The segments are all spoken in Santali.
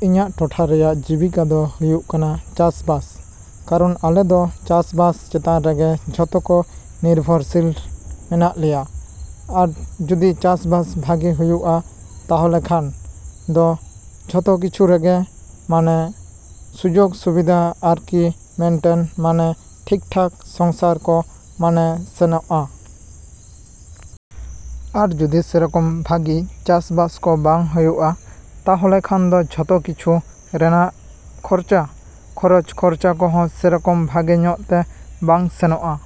ᱤᱧᱟᱹᱜ ᱴᱚᱴᱷᱟ ᱨᱮᱭᱟᱜ ᱡᱤᱵᱤᱠᱟ ᱫᱚ ᱦᱩᱭᱩᱜ ᱠᱟᱱᱟ ᱪᱟᱥᱼᱵᱟᱥ᱾ ᱠᱟᱨᱚᱱ ᱟᱞᱮ ᱫᱚ ᱪᱟᱥᱼᱵᱟᱥ ᱪᱮᱛᱟᱱ ᱨᱮᱜᱮ ᱡᱚᱛᱚ ᱠᱚ ᱱᱤᱨᱵᱷᱚᱨᱥᱤᱞ ᱢᱮᱱᱟᱜ ᱞᱮᱭᱟ᱾ ᱟᱨ ᱡᱩᱫᱤ ᱪᱟᱥᱼᱵᱟᱥ ᱵᱷᱟᱜᱮ ᱦᱩᱭᱩᱜᱼᱟ ᱛᱟᱦᱚᱞᱮ ᱠᱷᱟᱱ, ᱫᱚ ᱡᱚᱛᱚ ᱠᱤᱪᱷᱩ ᱨᱮᱜᱮ ᱢᱟᱱᱮ ᱥᱩᱡᱳᱜᱽ ᱥᱩᱵᱤᱫᱟ ᱟᱨᱠᱤ ᱢᱮᱱᱴᱮᱱ ᱢᱟᱱᱮ ᱴᱷᱤᱠᱼᱴᱷᱟᱠ ᱥᱚᱝᱥᱟᱨ ᱠᱚ ᱢᱟᱱᱮ ᱥᱮᱱᱚᱜᱼᱟ᱾ ᱟᱨ ᱡᱩᱫᱤ ᱥᱮᱨᱚᱠᱚᱢ ᱵᱷᱟᱜᱤ ᱪᱟᱥᱼᱵᱟᱥ ᱠᱚ ᱵᱟᱝ ᱦᱩᱭᱩᱜᱼᱟ, ᱛᱟᱦᱚᱞᱮᱠᱷᱟᱱ ᱫᱚ ᱡᱚᱛᱚ ᱠᱤᱪᱷᱩ ᱨᱮᱱᱟᱜ ᱠᱷᱚᱨᱪᱟ, ᱠᱷᱚᱨᱚᱪ ᱠᱷᱚᱨᱪᱟ ᱠᱚᱦᱚᱸ ᱥᱮᱨᱚᱠᱚᱢ ᱵᱷᱟᱜᱮ ᱧᱚᱜ ᱛᱮ ᱵᱟᱝ ᱥᱮᱱᱚᱜᱼᱟ᱾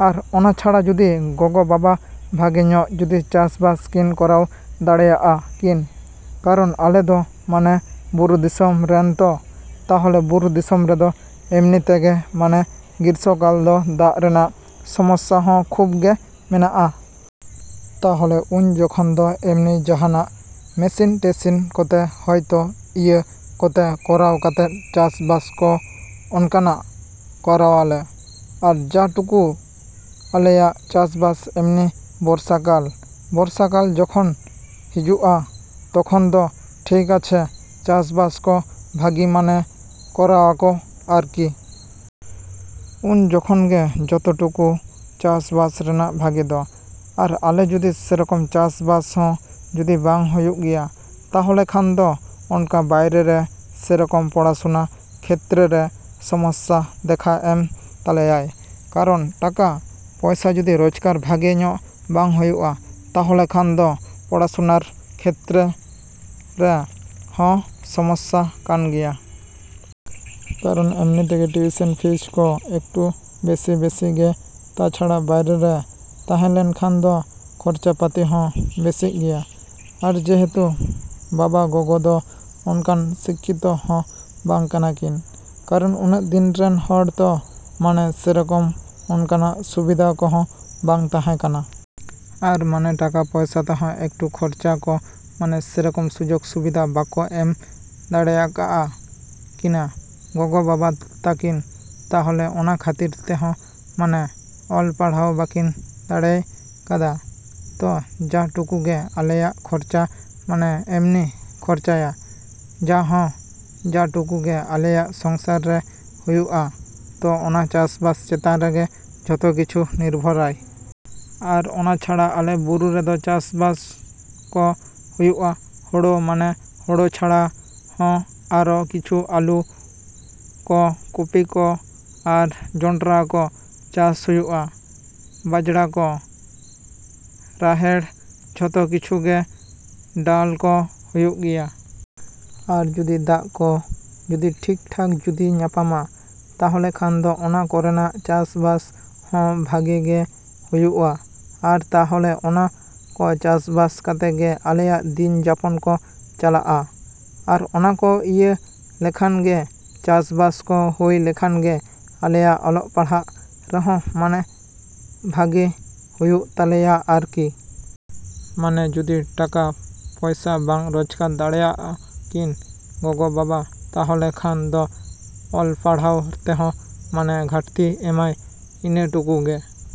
ᱟᱨ ᱚᱱᱟ ᱪᱷᱟᱲᱟ ᱡᱩᱫᱤ ᱜᱚᱜᱚᱼᱵᱟᱵᱟ ᱵᱷᱟᱜᱮ ᱧᱚᱜ ᱡᱩᱫᱤ ᱪᱟᱥᱼᱵᱟᱥ ᱠᱤᱱ ᱠᱚᱨᱟᱣ ᱫᱟᱲᱮᱭᱟᱜᱼᱟ ᱠᱤᱱ, ᱠᱟᱨᱚᱱ ᱟᱞᱮ ᱫᱚ ᱢᱟᱱᱮ ᱵᱩᱨᱩ ᱫᱤᱥᱚᱢ ᱨᱮᱱ ᱛᱚ, ᱛᱟᱦᱚᱞᱮ ᱵᱩᱨᱩ ᱫᱤᱥᱚᱢ ᱨᱮᱫᱚ ᱮᱢᱱᱤ ᱛᱮᱜᱮ ᱢᱟᱱᱮ ᱜᱨᱤᱥᱥᱚ ᱠᱟᱞ ᱫᱚ ᱫᱟᱜ ᱨᱮᱱᱟᱜ ᱥᱚᱢᱟᱥᱥᱟ ᱦᱚᱸ ᱠᱷᱩᱵᱽ ᱜᱮ ᱢᱮᱱᱟᱜᱼᱟ᱾ ᱛᱟᱦᱚᱞᱮ ᱩᱱ ᱡᱚᱠᱷᱚᱱ ᱫᱚ ᱮᱢᱱᱤ ᱡᱟᱦᱟᱱᱟᱜ ᱢᱮᱥᱤᱱ ᱴᱮᱥᱤᱱ ᱠᱚᱛᱮ ᱦᱳᱭᱛᱳ ᱤᱭᱟᱹ ᱠᱟᱛᱮ ᱠᱚᱨᱟᱣ ᱠᱟᱛᱮ ᱪᱟᱥᱼᱵᱟᱥ ᱠᱚ ᱚᱱᱠᱟ ᱠᱚᱨᱟᱣᱟᱞᱮ᱾ ᱟᱨ ᱡᱟ ᱴᱩᱠᱩ ᱟᱞᱮᱭᱟᱜ ᱪᱟᱥᱼᱵᱟᱥ ᱮᱢᱱᱤ ᱵᱚᱨᱥᱟ ᱠᱟᱞ, ᱵᱚᱨᱥᱟ ᱠᱟᱞ ᱡᱚᱠᱷᱚᱱ ᱦᱤᱡᱩᱜᱼᱟ, ᱛᱠᱷᱚᱱ ᱫᱚ ᱴᱷᱤᱠ ᱟᱪᱷᱮ ᱪᱟᱥᱵᱟᱥ ᱠᱚ ᱵᱷᱟᱜᱤ ᱢᱟᱱᱮ ᱠᱚᱨᱟᱣᱟᱠᱚ ᱟᱨᱠᱤ᱾ ᱩᱱ ᱡᱚᱠᱷᱚᱱ ᱜᱮ ᱡᱚᱛᱚ ᱴᱩᱠᱩ ᱪᱟᱥᱼᱵᱟᱥ ᱨᱮᱱᱟᱜ ᱵᱷᱟᱜᱮ ᱫᱚ᱾ ᱟᱨ ᱟᱞᱮ ᱡᱩᱫᱤ ᱥᱮᱨᱚᱠᱚᱢ ᱪᱟᱥᱼᱵᱟᱥ ᱦᱚᱸ ᱡᱩᱫᱤ ᱵᱟᱝ ᱦᱩᱭᱩᱜ ᱜᱮᱭᱟ, ᱛᱟᱦᱚᱞᱮᱠᱷᱟᱱ ᱫᱚ ᱚᱱᱠᱟ ᱵᱟᱭᱨᱮ ᱨᱮ ᱥᱮᱨᱚᱠᱚᱢ ᱯᱚᱲᱟᱥᱩᱱᱟ ᱠᱷᱮᱛᱛᱨᱮ ᱨᱮ ᱥᱚᱢᱚᱥᱥᱟ ᱫᱮᱠᱷᱟ ᱮᱢ ᱛᱟᱞᱮᱭᱟᱭ᱾ ᱠᱟᱨᱚᱱ ᱴᱟᱠᱟ, ᱯᱚᱭᱥᱟ ᱡᱩᱫᱤ ᱨᱳᱡᱜᱟᱨ ᱵᱷᱟᱜᱮ ᱧᱚᱜ ᱵᱟᱝ ᱦᱩᱭᱩᱜᱼᱟ ᱛᱟᱦᱚᱞᱮ ᱠᱷᱟᱱ ᱫᱚ ᱯᱚᱲᱟᱥᱩᱱᱟᱨ ᱠᱷᱮᱛᱨᱮ ᱦᱚᱸ ᱥᱚᱢᱚᱥᱥᱟ ᱠᱟᱱ ᱜᱮᱭᱟ᱾ ᱠᱟᱨᱚᱱ ᱮᱢᱱᱤ ᱛᱮᱜᱮ ᱴᱤᱭᱩᱥᱮᱱ ᱯᱷᱤᱡᱽ ᱠᱚ ᱮᱠᱴᱩ ᱵᱮᱥᱤ ᱵᱮᱥᱤ ᱜᱮ ᱛᱟᱪᱷᱟᱲᱟ ᱵᱟᱭᱨᱮ ᱨᱮ ᱛᱟᱦᱮᱞᱮᱱ ᱠᱷᱟᱱ ᱫᱚ ᱠᱷᱚᱨᱪᱟ ᱯᱟᱛᱤ ᱦᱚᱸ ᱵᱮᱥᱤᱜ ᱜᱮᱭᱟ᱾ ᱟᱨ ᱡᱮᱦᱮᱛᱩ ᱵᱟᱵᱟᱼᱜᱚᱜᱚ ᱫᱚ ᱚᱱᱠᱟᱱ ᱥᱤᱠᱠᱷᱤᱛᱚ ᱦᱚᱸ ᱵᱟᱝ ᱠᱟᱱᱟ ᱠᱤᱱ ᱠᱟᱨᱚᱱ ᱩᱱᱟᱹᱜ ᱫᱤᱱ ᱨᱮᱱ ᱦᱚᱲ ᱛᱚ ᱢᱟᱱᱮ ᱥᱮᱨᱚᱠᱚᱢ ᱚᱱᱠᱟᱱᱟᱜ ᱥᱩᱵᱤᱫᱟ ᱠᱚᱦᱚᱸ ᱵᱟᱝ ᱛᱟᱦᱮᱠᱟᱱᱟ᱾ ᱟᱨ ᱢᱟᱱᱮ ᱴᱟᱠᱟ ᱯᱚᱭᱥᱟ ᱛᱮᱦᱚᱸ ᱮᱠᱴᱩ ᱠᱷᱚᱨᱪᱟ ᱠᱚ ᱢᱟᱱᱮ ᱥᱮᱨᱚᱠᱚᱢ ᱥᱩᱡᱳᱜᱽ ᱥᱩᱵᱤᱫᱟ ᱵᱟᱠᱚ ᱮᱢ ᱫᱟᱲᱮᱭᱟᱠᱟᱜ ᱠᱤᱱᱟᱹ ᱜᱚᱜᱚᱼᱵᱟᱵᱟ ᱛᱟᱹᱠᱤᱱ ᱛᱟᱦᱚᱞᱮ ᱚᱱᱟ ᱠᱷᱟᱹᱛᱤᱨ ᱛᱮᱦᱚᱸ ᱢᱟᱱᱮ ᱚᱞ, ᱯᱟᱲᱦᱟᱣ ᱵᱟᱠᱤᱱ ᱫᱟᱲᱮᱭ ᱠᱟᱫᱟ᱾ ᱛᱚ, ᱡᱟ ᱴᱩᱠᱩᱜᱮ ᱟᱞᱮᱭᱟᱜ ᱠᱷᱚᱨᱪᱟ ᱢᱟᱱᱮ ᱮᱢᱱᱤ ᱠᱷᱚᱨᱪᱟᱭᱟ ᱡᱟᱦᱚᱸ, ᱡᱟ ᱴᱩᱠᱩ ᱜᱮ ᱟᱞᱮᱭᱟᱜ ᱥᱚᱝᱥᱟᱨ ᱨᱮ ᱦᱩᱭᱩᱜᱼᱟ, ᱛᱚ ᱚᱱᱟ ᱪᱟᱥᱵᱟᱥ ᱪᱮᱛᱟᱱ ᱨᱮᱜᱮ ᱡᱚᱛᱚ ᱠᱤᱪᱷᱩ ᱱᱤᱨᱵᱷᱚᱨᱟᱭ᱾ ᱟᱨ ᱚᱱᱟ ᱪᱷᱟᱲᱟ ᱟᱞᱮ ᱵᱩᱨᱩ ᱨᱮᱫᱚ ᱪᱟᱥᱼᱵᱟᱥ ᱠᱚ ᱦᱩᱭᱩᱜᱼᱟ ᱦᱳᱲᱳ, ᱢᱟᱱᱮ ᱦᱳᱲᱳ ᱪᱷᱟᱲᱟ ᱦᱚᱸ ᱟᱨᱚ ᱠᱤᱪᱷᱩ ᱟᱹᱞᱩ ᱠᱚ, ᱠᱚᱯᱤ ᱠᱚ, ᱟᱨ ᱡᱚᱱᱰᱨᱟ ᱠᱚ ᱪᱟᱥ ᱦᱩᱭᱩᱜᱼᱟ, ᱵᱟᱡᱽᱲᱟ ᱠᱚ, ᱨᱟᱦᱮᱲ, ᱡᱚᱛᱚ ᱠᱤᱪᱷᱩ ᱜᱮ ᱰᱟᱞ ᱠᱚ ᱦᱩᱭᱩᱜ ᱜᱮᱭᱟ᱾ ᱟᱨ ᱡᱩᱫᱤ ᱫᱟᱜ ᱠᱚ ᱡᱩᱫᱤ ᱴᱷᱤᱠᱼᱴᱷᱟᱠ ᱡᱩᱫᱤ ᱧᱟᱯᱟᱢᱟ, ᱛᱟᱦᱚᱞᱮ ᱠᱷᱟᱱ ᱫᱚ ᱚᱱᱟ ᱠᱚᱨᱮᱱᱟᱜ ᱪᱟᱥᱼᱵᱟᱥ ᱦᱚᱸ ᱵᱷᱟᱜᱮ ᱜᱮ ᱦᱩᱭᱩᱜᱼᱟ᱾ ᱟᱨ ᱛᱟᱦᱚᱞᱮ ᱚᱱᱟ ᱠᱚ ᱪᱟᱥᱵᱟᱥ ᱠᱟᱛᱮ ᱜᱮ ᱟᱞᱮᱭᱟᱜ ᱫᱤᱱ ᱡᱟᱯᱚᱱ ᱠᱚ ᱪᱟᱞᱟᱜᱼᱟ᱾ ᱟᱨ ᱚᱱᱟ ᱠᱚ ᱤᱭᱟᱹ ᱞᱮᱱᱠᱷᱟᱱ ᱜᱮ, ᱪᱟᱥᱼᱵᱟᱥ ᱠᱚ ᱦᱩᱭ ᱞᱮᱱᱠᱷᱟᱱ ᱜᱮ ᱟᱞᱮᱭᱟᱜ ᱚᱞᱚᱜ ᱯᱟᱲᱦᱟᱜ ᱨᱮᱦᱚᱸ ᱢᱟᱱᱮ ᱵᱷᱟᱮ ᱦᱩᱭᱩᱜ ᱛᱟᱞᱮᱭᱟ ᱟᱨᱠᱤ᱾ ᱢᱟᱱᱮ ᱡᱩᱫᱤ ᱴᱟᱠᱟ, ᱯᱚᱭᱥᱟ ᱵᱟᱝ ᱨᱳᱡᱽᱜᱟᱨ ᱫᱟᱲᱮᱭᱟᱜᱼᱟ ᱠᱤᱱ ᱜᱚᱜᱚᱼᱵᱟᱵᱟ ᱛᱟᱦᱚᱞᱮ ᱠᱷᱟᱱ ᱫᱚ ᱚᱞ ᱯᱟᱲᱦᱟᱣ ᱛᱮᱦᱚᱸ ᱢᱟᱱᱮ ᱜᱷᱟᱹᱴᱛᱤ ᱮᱢᱟᱭ᱾ ᱤᱱᱟᱹ ᱴᱩᱠᱩ ᱜᱮ᱾